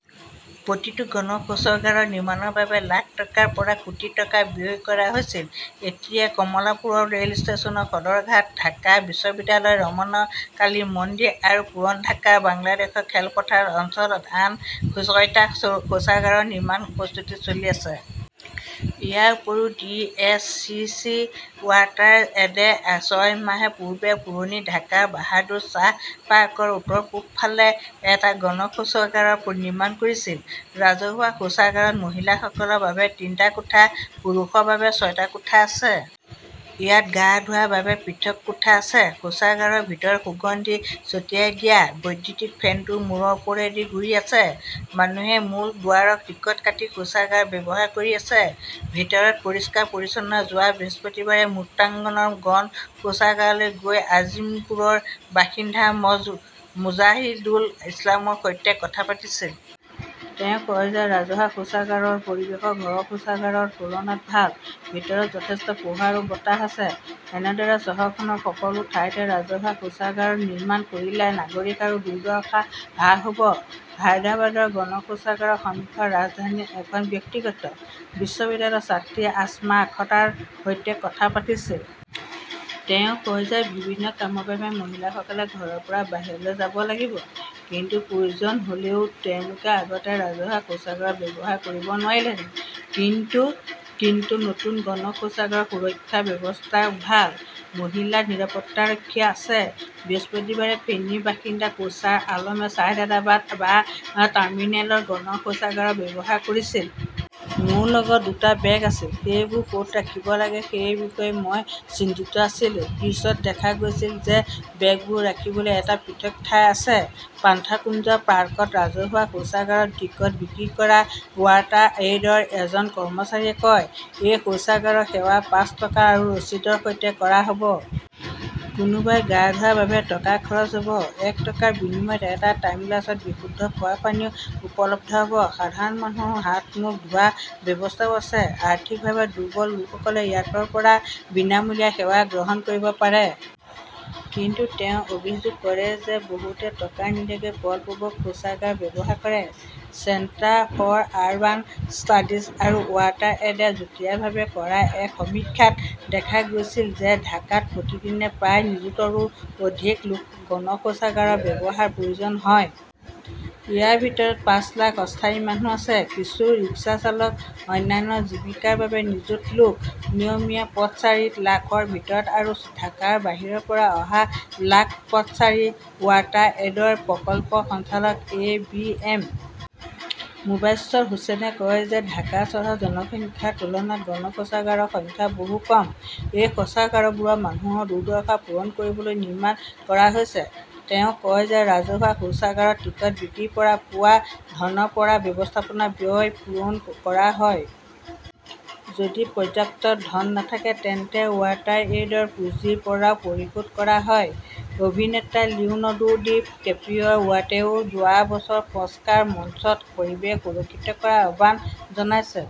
প্ৰতিটো গণ শৌচাগাৰ নিৰ্মাণৰ বাবে লাখ টকাৰ পৰা কোটি টকা ব্যয় কৰা হৈছিল। এতিয়া কমলাপুৰ ৰেল ষ্টেচন, সদৰঘাট, ঢাকা বিশ্ববিদ্যালয়, ৰামনা কালী মন্দিৰ আৰু পুৰণ ঢাকাৰ বাংলাদেশ খেলপথাৰ অঞ্চলত আন ছয়টা শৌচাগাৰৰ নিৰ্মাণৰ প্ৰস্তুতি চলি আছে। ইয়াৰ উপৰিও, ডি. এছ. চি. চি. ৱাটাৰএডে ছয় মাহ পূৰ্বে পুৰণি ঢাকাৰ বাহাদুৰ শ্বাহ পাৰ্কৰ উত্তৰ-পূব ফালে এটা গণ শৌচাগাৰ নিৰ্মাণ কৰিছিল। ৰাজহুৱা শৌচাগাৰত মহিলাসকলৰ বাবে তিনিটা কোঠা, পুৰুষৰ বাবে ছয়টা কোঠা আছে। ইয়াত গা ধোৱাৰ বাবে পৃথক কোঠা আছে। শৌচাগাৰৰ ভিতৰত সুগন্ধি ছটিয়াই দিয়া। বৈদ্যুতিক ফেনটো মূৰৰ ওপৰেৰে ঘূৰি আছে। মানুহে মূল দুৱাৰত টিকট কাটি শৌচাগাৰ ব্যৱহাৰ কৰি আছে। ভিতৰত পৰিষ্কাৰ-পৰিচ্ছন্ন। যোৱা বৃহস্পতিবাৰে মুক্তাংগনৰ গণ শৌচাগাৰলৈ গৈ আজিমপুৰৰ বাসিন্দা মুজাহিদুল ইছলামৰ সৈতে কথা পাতিছিল। তেওঁ কয় যে ৰাজহুৱা শৌচাগাৰৰ পৰিৱেশ ঘৰৰ শৌচাগাৰৰ তুলনাত ভাল। ভিতৰত যথেষ্ট পোহৰ আৰু বতাহ আছে। এনেদৰে চহৰখনৰ সকলো ঠাইতে ৰাজহুৱা শৌচাগাৰ নিৰ্মাণ কৰিলে নাগৰিকৰ দুৰ্দশা হ্ৰাস হ ব। হায়দৰাবাদৰ গণ শৌচাগাৰৰ সন্মুখত ৰাজধানীৰ এখন ব্যক্তিগত বিশ্ববিদ্যালয়ৰ ছাত্ৰী আছমা আখতাৰৰ সৈতে কথা পাতিছিল। তেওঁ কয় যে বিভিন্ন কামৰ বাবে মহিলাসকলে ঘৰৰ পৰা বাহিৰলৈ যাব লাগিব। কিন্তু প্ৰয়োজন হ'লেও তেওঁলোকে আগতে ৰাজহুৱা শৌচাগাৰ ব্যৱহাৰ কৰিব নোৱাৰিলেহেঁতেন। কিন্তু নতুন গণ শৌচাগাৰত সুৰক্ষাৰ ব্যৱস্থা ভাল। মহিলা নিৰাপত্তাৰক্ষী আছে। বৃহস্পতিবাৰে ফেনীৰ বাসিন্দা কৌচাৰ আলমে ছাইদাদাবাদ বাছ টাৰ্মিনেলৰ গণ শৌচাগাৰ ব্যৱহাৰ কৰিছিল। মোৰ লগত দুটা বেগ আছিল। সেইবোৰ ক'ত ৰাখিব লাগে সেই বিষয়ে মই চিন্তিত আছিলো। পিছত দেখা গৈছিল যে, বেগবোৰ ৰাখিবলৈ এটা পৃথক ঠাই আছে। পান্থাকুঞ্জ পাৰ্কত ৰাজহুৱা শৌচাগাৰত টিকট বিক্ৰী কৰা ৱাটাৰএইডৰ এজন কৰ্মচাৰীয়ে কয়, এই শৌচাগাৰৰ সেৱা পাঁচ টকাৰ ৰচিদৰ সৈতে কৰা হ'ব। কোনোবাই গা ধোৱাৰ বাবে টকা খৰচ হ'ব। এক টকাৰ বিনিময়ত এটা টাইমগ্লাছত বিশুদ্ধ খোৱা পানীও উপলব্ধ হ'ব। সাধাৰণ মানুহৰ হাত-মুখ ধোৱাৰ ব্যৱস্থাও আছে। আৰ্থিকভাৱে দুৰ্বল লোকসকলে ইয়াতৰ পৰা বিনামূলীয়া সেৱা গ্ৰহণ কৰিব পাৰে। কিন্তু তেওঁ অভিযোগ কৰে যে, বহুতে টকা নিদিয়াকৈ বলপূৰ্বক শৌচাগাৰ ব্যৱহাৰ কৰে। চেণ্টাৰ ফৰ আৰবান ষ্টাডিজ আৰু ৱাটাৰএডে যুটীয়াভাৱে কৰা এক সমীক্ষাত দেখা গৈছিল যে ঢাকাত প্ৰতিদিনে প্ৰায় নিযুতৰো অধিক লোকক গণ শৌচাগাৰৰ ব্যৱহাৰৰ প্ৰয়োজন হয়। ইয়াৰ ভিতৰত পাঁচ লাখ অস্থায়ী মানুহ আছে, কিছু ৰিক্সা চালক। অন্যান্য জীৱিকাৰ বাবে নিযুত লোক। নিয়মীয়া পথচাৰী লাখৰ ভিতৰত আৰু ঢাকাৰ বাহিৰৰ পৰা অহা লাখ পথচাৰী। ৱাটাৰ এইডৰ প্ৰকল্প সঞ্চালক এ. বি. এম. মোবাশ্বেৰ হুচেইনে কয় যে ঢাকা চহৰৰ জনসংখ্যাৰ তুলনাত গণ শৌচাগাৰৰ সংখ্যা বহু কম। এই শৌচাগাৰবোৰ মানুহৰ দুৰ্দশা পূৰণ কৰিবলৈ নিৰ্মাণ কৰা হৈছে। তেওঁ কয় যে ৰাজহুৱা শৌচাগাৰত টিকট বিক্ৰীৰ পৰা পোৱা ধনৰ পৰা ব্যৱস্থাপনা ব্যয় পূৰণ কৰা হয়। যদি পৰ্যাপ্ত ধন নাথাকে তেন্তে ৱাটাৰএইডৰ পুঁজিৰ পৰাও পৰিশোধ কৰা হয়। অভিনেতা লিওনৰ্ডো ডি কেপ্ৰিঅ "টোৱেও যোৱা বছৰ অস্কাৰৰ মঞ্চত পৰিৱেশ সুৰক্ষিত কৰাৰ আহ্বান জনাইছে।